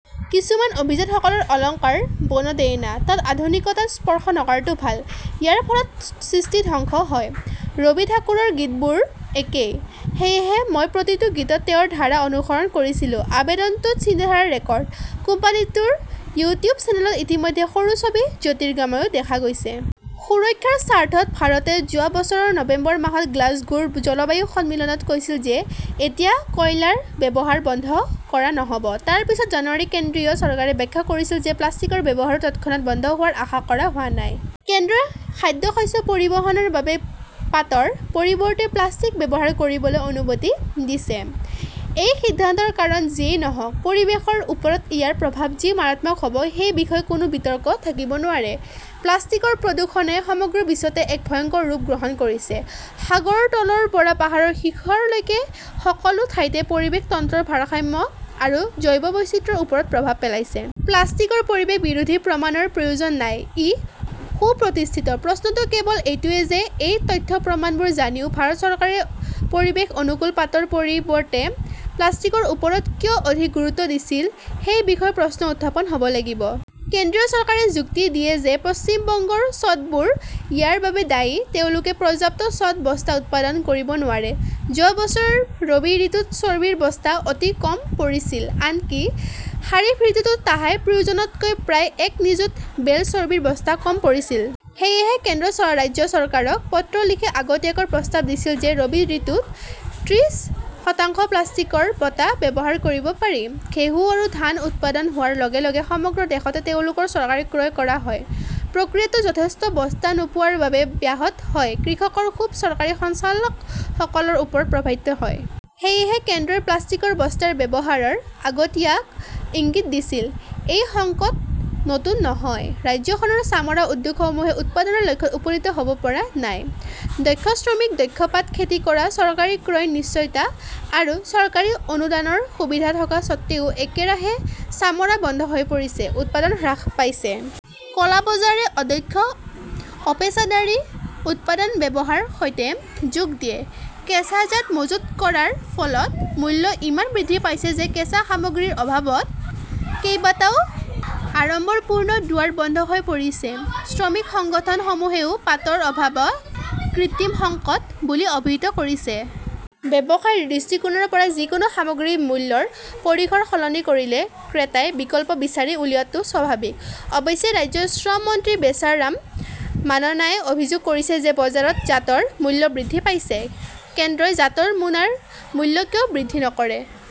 কিছুমান অভিজাতসকলৰ অলংকাৰ বনদেয়না। তাত আধুনিকতাক স্পৰ্শ নকৰাটো ভাল। ইয়াৰ ফলত সৃষ্টি ধ্বংস হয়। ৰবি ঠাকুৰৰ গীতবোৰো একেই। সেয়েহে মই প্ৰতিটো গীতত তেওঁৰ ধাৰা অনুসৰণ কৰিছিলো। আবেদনটোত চিন্তাধাৰাৰ ৰেকৰ্ড। কোম্পানীটোৰ ইউটিউব চেনেলত ইতিমধ্যে সৰু ছবি জ্যোতিৰ্গাময়ো দেখা গৈছে। সুৰক্ষাৰ স্বাৰ্থত ভাৰতে যোৱা বছৰৰ নৱেম্বৰ মাহত গ্লাছগোৰ জলবায়ু সন্মিলনত কৈছিল যে এতিয়া কয়লাৰ ব্যৱহাৰ বন্ধ কৰা নহ'ব। তাৰ পিছত জানুৱাৰীত কেন্দ্ৰীয় চৰকাৰে ব্যাখ্যা কৰিছিল যে প্লাষ্টিকৰ ব্যৱহাৰো তৎক্ষণাত বন্ধ হোৱাৰ আশা কৰা হোৱা নাই। কেন্দ্ৰই খাদ্যশস্য পৰিবহণৰ বাবে পাটৰ পৰিৱৰ্তে প্লাষ্টিক ব্যৱহাৰ কৰিবলৈ অনুমতি দিছে। এই সিদ্ধান্তৰ কাৰণ যিয়েই নহওঁক, পৰিৱেশৰ ওপৰত ইয়াৰ প্ৰভাৱ যি মাৰাত্মক হ 'ব সেই বিষয়ে কোনো বিতৰ্ক থাকিব নোৱাৰে। প্লাষ্টিকৰ প্ৰদূষণে সমগ্ৰ বিশ্বতে এক ভয়ংকৰ ৰূপ গ্ৰহণ কৰিছে, সাগৰৰ তলৰ পৰা পাহাৰৰ শিখৰলৈকে সকলো ঠাইতে পৰিৱেশ তন্ত্ৰৰ ভাৰসাম্য আৰু জৈৱ বৈচিত্ৰ্যৰ ওপৰত প্ৰভাৱ পেলাইছে। প্লাষ্টিকৰ পৰিৱেশ বিৰোধী প্ৰমাণৰ প্ৰয়োজন নাই, ই সুপ্ৰতিষ্ঠিত। প্ৰশ্নটো কেৱল এইটোৱেই যে এই তথ্য-প্ৰমাণবোৰ জানিও ভাৰত চৰকাৰে পৰিৱেশ অনুকূল পাটৰ পৰিৱৰ্তে প্লাষ্টিকৰ ওপৰত কিয় অধিক গুৰুত্ব দিছিল সেই বিষয়ে প্ৰশ্ন উত্থাপন হ'ব লাগিব। কেন্দ্ৰীয় চৰকাৰে যুক্তি দিয়ে যে পশ্চিম বংগৰ চ'টবোৰ ইয়াৰ বাবে দায়ী, তেওঁলোকে পৰ্যাপ্ত চ'ট বস্তা উৎপাদন কৰিব নোৱাৰে। যোৱা বছৰৰ ৰবি ঋতুত চৰ্বিৰ বস্তা অতি কম পৰিছিল, আনকি খাৰিফ ঋতুতো তাহাই-প্ৰয়োজনতকৈ প্ৰায় এক নিযুত বেল চৰ্বিৰ বস্তা কম পৰিছিল। সেয়েহে কেন্দ্ৰই ৰাজ্য চৰকাৰক পত্ৰ লিখি আগতীয়াকৈ প্ৰস্তাৱ দিছিল যে ৰবি ঋতুত ত্ৰিশ শতাংশ প্লাষ্টিকৰ বটা ব্যৱহাৰ কৰিব পাৰি। ঘেঁহু আৰু ধান উৎপাদন হোৱাৰ লগে - লগে সমগ্ৰ দেশতে তেওঁলোকৰ চৰকাৰী ক্ৰয় কৰা হয়, প্ৰক্ৰিয়াটো যথেষ্ট বস্তা নোপোৱাৰ বাবে ব্যাহত হয়, কৃষকৰ ক্ষোভ চৰকাৰী সঞ্চালকসকলৰ ওপৰত প্ৰভাৱিত হয়। সেয়েহে কেন্দ্ৰই প্লাষ্টিকৰ বস্তাৰ ব্যৱহাৰৰ আগতীয়া ইংগিত দিছিল। এই সংকট নতুন নহয়। ৰাজ্যখনৰ চামৰা উদ্যোগসমূহে উৎপাদনৰ লক্ষ্যত উপনীত হ'ব পৰা নাই। দক্ষ শ্ৰমিক, দক্ষ পাট খেতি কৰা, চৰকাৰী ক্ৰয়ৰ নিশ্চয়তা আৰু চৰকাৰী অনুদানৰ সুবিধা থকা স্বত্বেও একেৰাহে চামৰা বন্ধ হৈ পৰিছে, উৎপাদন হ্ৰাস পাইছে। ক'লা বজাৰে অদক্ষ, অপেচাদাৰী উৎপাদন ব্যৱস্থাৰ সৈতে যোগ দিয়ে। কেঁচা জাট মজুত কৰাৰ ফলত মূল্য ইমান বৃদ্ধি পাইছে যে কেঁচা সামগ্ৰীৰ অভাৱত কেইবাটাও আড়ম্বৰপূৰ্ণ দুৱাৰ বন্ধ হৈ পৰিছে। শ্ৰমিক সংগঠনসমূহেও পাটৰ অভাৱক কৃত্ৰিম সংকট বুলি অভিহিত কৰিছে। ব্যৱসায়ৰ দৃষ্টিকোণৰ পৰা যিকোনো সামগ্ৰীৰ মূল্যৰ পৰিসৰ সলনি কৰিলে ক্ৰেতাই বিকল্প বিচাৰি উলিওৱাটো স্বাভাৱিক। অৱশ্যে ৰাজ্যৰ শ্ৰম মন্ত্ৰী বেচাৰাম মাননাই অভিযোগ কৰিছে যে বজাৰত জাটৰ মূল্য বৃদ্ধি পাইছে, কেন্দ্ৰই জাটৰ মোনাৰ মূল্য কিয় বৃদ্ধি নকৰে।